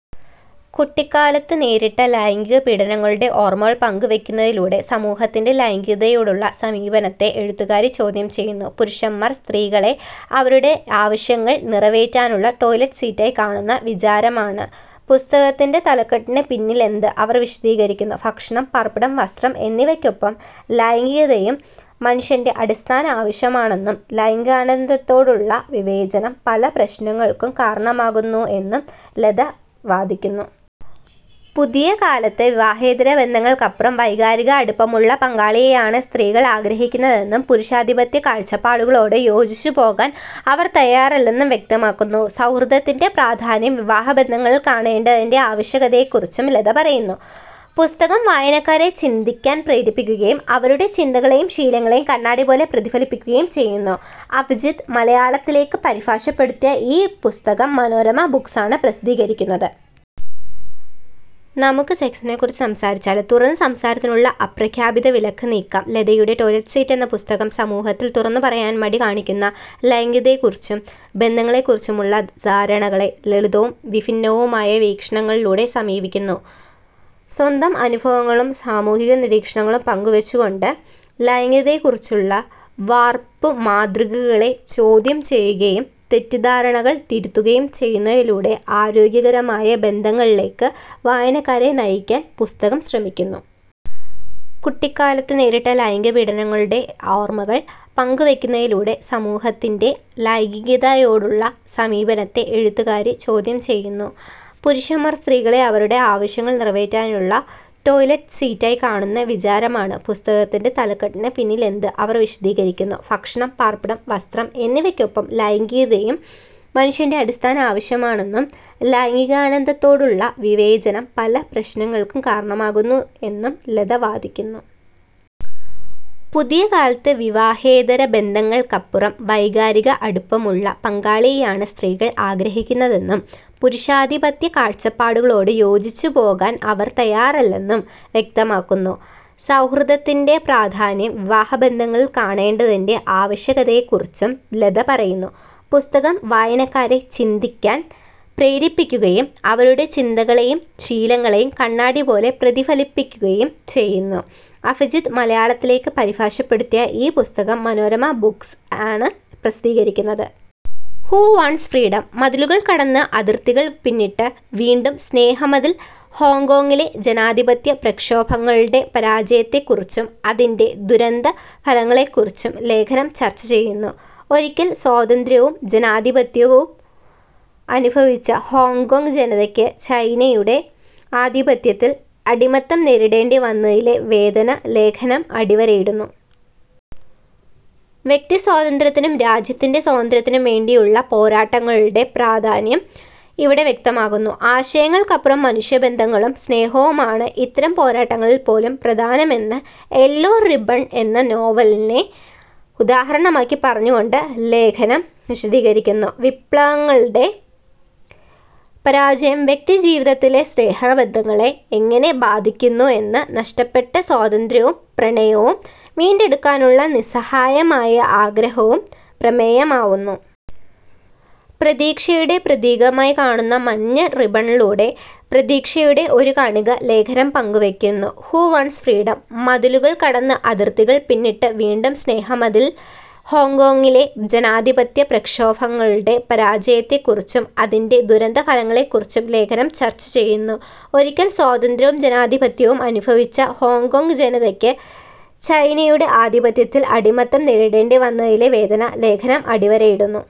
കുട്ടിക്കാലത്ത് നേരിട്ട ലൈംഗികപീഡനങ്ങളുടെ ഓർമ്മകൾ പങ്കുവെക്കുന്നതിലൂടെ സമൂഹത്തിന്റെ ലൈംഗികതയോടുള്ള സമീപനത്തെ എഴുത്തുകാരി ചോദ്യം ചെയ്യുന്നു. പുരുഷന്മാർ സ്ത്രീകളെ അവരുടെ ആവശ്യങ്ങൾ നിറവേറ്റാനുള്ള ടോയ്ലറ്റ് സീറ്റായി കാണുന്ന വിചാരമാണ് പുസ്തകത്തിന്റെ തലക്കെട്ടിന് പിന്നിലെന്ന് അവർ വിശദീകരിക്കുന്നു. ഭക്ഷണം, പാർപ്പിടം, വസ്ത്രം എന്നിവക്കൊപ്പം ലൈംഗികതയും മനുഷ്യന്റെ അടിസ്ഥാന ആവശ്യമാണെന്നും, ലൈംഗികാനന്ദത്തോടുള്ള വിവേചനം പല പ്രശ്നങ്ങൾക്കും കാരണമാകുന്നു എന്നും ലത വാദിക്കുന്നു. പുതിയകാലത്ത് വിവാഹേതര ബന്ധങ്ങൾക്കപ്പുറം വൈകാരിക അടുപ്പമുള്ള പങ്കാളിയെയാണ് സ്ത്രീകൾ ആഗ്രഹിക്കുന്നതെന്നും, പുരുഷാധിപത്യ കാഴ്ചപ്പാടുകളോട് യോജിച്ചുപോകാൻ അവർ തയാറല്ലെന്നും വ്യക്തമാക്കുന്നു. സൗഹൃദത്തിന്റെ പ്രാധാന്യം വിവാഹബന്ധങ്ങളിൽ കാണേണ്ടതിന്റെ ആവശ്യകതയെക്കുറിച്ചും ലത പറയുന്നു. പുസ്തകം വായനക്കാരെ ചിന്തിക്കാൻ പ്രേരിപ്പിക്കുകയും അവരുടെ ചിന്തകളെയും ശീലങ്ങളെയും കണ്ണാടിപോലെ പ്രതിഫലിപ്പിക്കുകയും ചെയ്യുന്നു. അഭിജിത് മലയാളത്തിലേക്ക് പരിഭാഷപ്പെടുത്തിയ ഈ പുസ്തകം മനോരമ ബുക്സ് ആണ് പ്രസിദ്ധീകരിക്കുന്നത്. നമുക്ക് സെക്സിനെക്കുറിച്ച് സംസാരിച്ചാലോ, തുറന്ന സംസാരത്തിനുള്ള അപ്രഖ്യാപിത വിലക്ക് നീക്കാം ലതയുടെ 'ടോയ്ലറ്റ് സീറ്റ്' എന്ന പുസ്തകം, സമൂഹത്തിൽ തുറന്നുപറയാൻ മടി കാണിക്കുന്ന ലൈംഗികതയെക്കുറിച്ചും ബന്ധങ്ങളെക്കുറിച്ചുമുള്ള ധാരണകളെ ലളിതവും വിഭിന്നവുമായ വീക്ഷണങ്ങളിലൂടെ സമീപിക്കുന്നു. സ്വന്തം അനുഭവങ്ങളും സാമൂഹിക നിരീക്ഷണങ്ങളും പങ്കുവെച്ചുകൊണ്ട്, ലൈംഗികതയെക്കുറിച്ചുള്ള വാർപ്പുമാതൃകകളെ ചോദ്യം ചെയ്യുകയും തെറ്റിദ്ധാരണകൾ തിരുത്തുകയും ചെയ്യുന്നതിലൂടെ ആരോഗ്യകരമായ ബന്ധങ്ങളിലേക്ക് വായനക്കാരെ നയിക്കാൻ പുസ്തകം ശ്രമിക്കുന്നു. കുട്ടിക്കാലത്ത് നേരിട്ട ലൈംഗികപീഡനങ്ങളുടെ ഓർമ്മകൾ പങ്കുവെക്കുന്നതിലൂടെ സമൂഹത്തിന്റെ ലൈംഗികതയോടുള്ള സമീപനത്തെ എഴുത്തുകാരി ചോദ്യം ചെയ്യുന്നു. പുരുഷന്മാർ സ്ത്രീകളെ അവരുടെ ആവശ്യങ്ങൾ നിറവേറ്റാനുള്ള ടോയ്ലറ്റ് സീറ്റായി കാണുന്ന വിചാരമാണ് പുസ്തകത്തിന്റെ തലക്കെട്ടിന് പിന്നിലെന്ന് അവർ വിശദീകരിക്കുന്നു. ഭക്ഷണം, പാർപ്പിടം, വസ്ത്രം എന്നിവക്കൊപ്പം ലൈംഗികതയും മനുഷ്യന്റെ അടിസ്ഥാന ആവശ്യമാണെന്നും, ലൈംഗികാനന്ദത്തോടുള്ള വിവേചനം പല പ്രശ്നങ്ങൾക്കും കാരണമാകുന്നു എന്നും ലത വാദിക്കുന്നു. പുതിയകാലത്ത് വിവാഹേതര ബന്ധങ്ങൾക്കപ്പുറം വൈകാരിക അടുപ്പമുള്ള പങ്കാളിയെയാണ് സ്ത്രീകൾ ആഗ്രഹിക്കുന്നതെന്നും, പുരുഷാധിപത്യ കാഴ്ചപ്പാടുകളോട് യോജിച്ചുപോകാൻ അവർ തയാറല്ലെന്നും വ്യക്തമാക്കുന്നു. സൗഹൃദത്തിന്റെ പ്രാധാന്യം വിവാഹബന്ധങ്ങളിൽ കാണേണ്ടതിന്റെ ആവശ്യകതയെക്കുറിച്ചും ലത പറയുന്നു. പുസ്തകം വായനക്കാരെ ചിന്തിക്കാൻ പ്രേരിപ്പിക്കുകയും അവരുടെ ചിന്തകളെയും ശീലങ്ങളെയും കണ്ണാടിപോലെ പ്രതിഫലിപ്പിക്കുകയും ചെയ്യുന്നു. അഭിജിത് മലയാളത്തിലേക്ക് പരിഭാഷപ്പെടുത്തിയ ഈ പുസ്തകം മനോരമ ബുക്സ് ആണ് പ്രസിദ്ധീകരിച്ചിരിക്കുന്നത്. ഹു വാണ്ട്സ് ഫ്രീഡം; മതിലുകൾ കടന്ന്, അതിർത്തികൾ പിന്നിട്ട് വീണ്ടും സ്നേഹമതിൽ ഹോങ്കോങ്ങിലെ ജനാധിപത്യ പ്രക്ഷോഭങ്ങളുടെ പരാജയത്തെക്കുറിച്ചും അതിന്റെ ദുരന്ത ഫലങ്ങളെക്കുറിച്ചും ലേഖനം ചർച്ച ചെയ്യുന്നു. ഒരിക്കൽ സ്വാതന്ത്ര്യവും ജനാധിപത്യവും അനുഭവിച്ച ഹോങ്കോംഗ് ജനതയ്ക്ക് ചൈനയുടെ ആധിപത്യത്തിൽ അടിമത്തം നേരിടേണ്ടി വന്നതിലെ വേദന ലേഖനം അടിവരയിടുന്നു. വ്യക്തിസ്വാതന്ത്ര്യത്തിനും രാജ്യത്തിന്റെ സ്വാതന്ത്ര്യത്തിനും വേണ്ടിയുള്ള പോരാട്ടങ്ങളുടെ പ്രാധാന്യം ഇവിടെ വ്യക്തമാകുന്നു. ആശയങ്ങൾക്കപ്പുറം മനുഷ്യബന്ധങ്ങളും സ്നേഹവുമാണ് ഇത്തരം പോരാട്ടങ്ങളിൽ പോലും പ്രധാനമെന്ന് യെല്ലോ റിബ്ബൺ എന്ന നോവലിനെ ഉദാഹരണമാക്കി പറഞ്ഞുകൊണ്ട് ലേഖനം വിശദീകരിക്കുന്നു. വിപ്ലവങ്ങളുടെ പരാജയം വ്യക്തിജീവിതത്തിലെ സ്നേഹബന്ധങ്ങളെ എങ്ങനെ ബാധിക്കുന്നു എന്നും, നഷ്ടപ്പെട്ട സ്വാതന്ത്ര്യവും പ്രണയവും വീണ്ടെടുക്കാനുള്ള നിസ്സഹായമായ ആഗ്രഹവും പ്രമേയമാവുന്നു. പ്രതീക്ഷയുടെ പ്രതീകമായി കാണുന്ന മഞ്ഞ റിബ്ബണിലൂടെ പ്രതീക്ഷയുടെ ഒരു കണിക ലേഖനം പങ്കുവെക്കുന്നു. ഹു വാണ്ട്സ് ഫ്രീഡം; മതിലുകൾ കടന്ന്, അതിർത്തികൾ പിന്നിട്ട് വീണ്ടും സ്നേഹമതിൽ ഹോങ്കോങ്ങിലെ ജനാധിപത്യ പ്രക്ഷോഭങ്ങളുടെ പരാജയത്തെക്കുറിച്ചും അതിന്റെ ദുരന്ത ഫലങ്ങളെക്കുറിച്ചും ലേഖനം ചർച്ച ചെയ്യുന്നു. ഒരിക്കൽ സ്വാതന്ത്ര്യവും ജനാധിപത്യവും അനുഭവിച്ച ഹോങ്കോംഗ് ജനതയ്ക്ക് ചൈനയുടെ ആധിപത്യത്തിൽ അടിമത്തം നേരിടേണ്ടി വന്നതിലെ വേദന ലേഖനം അടിവരയിടുന്നു.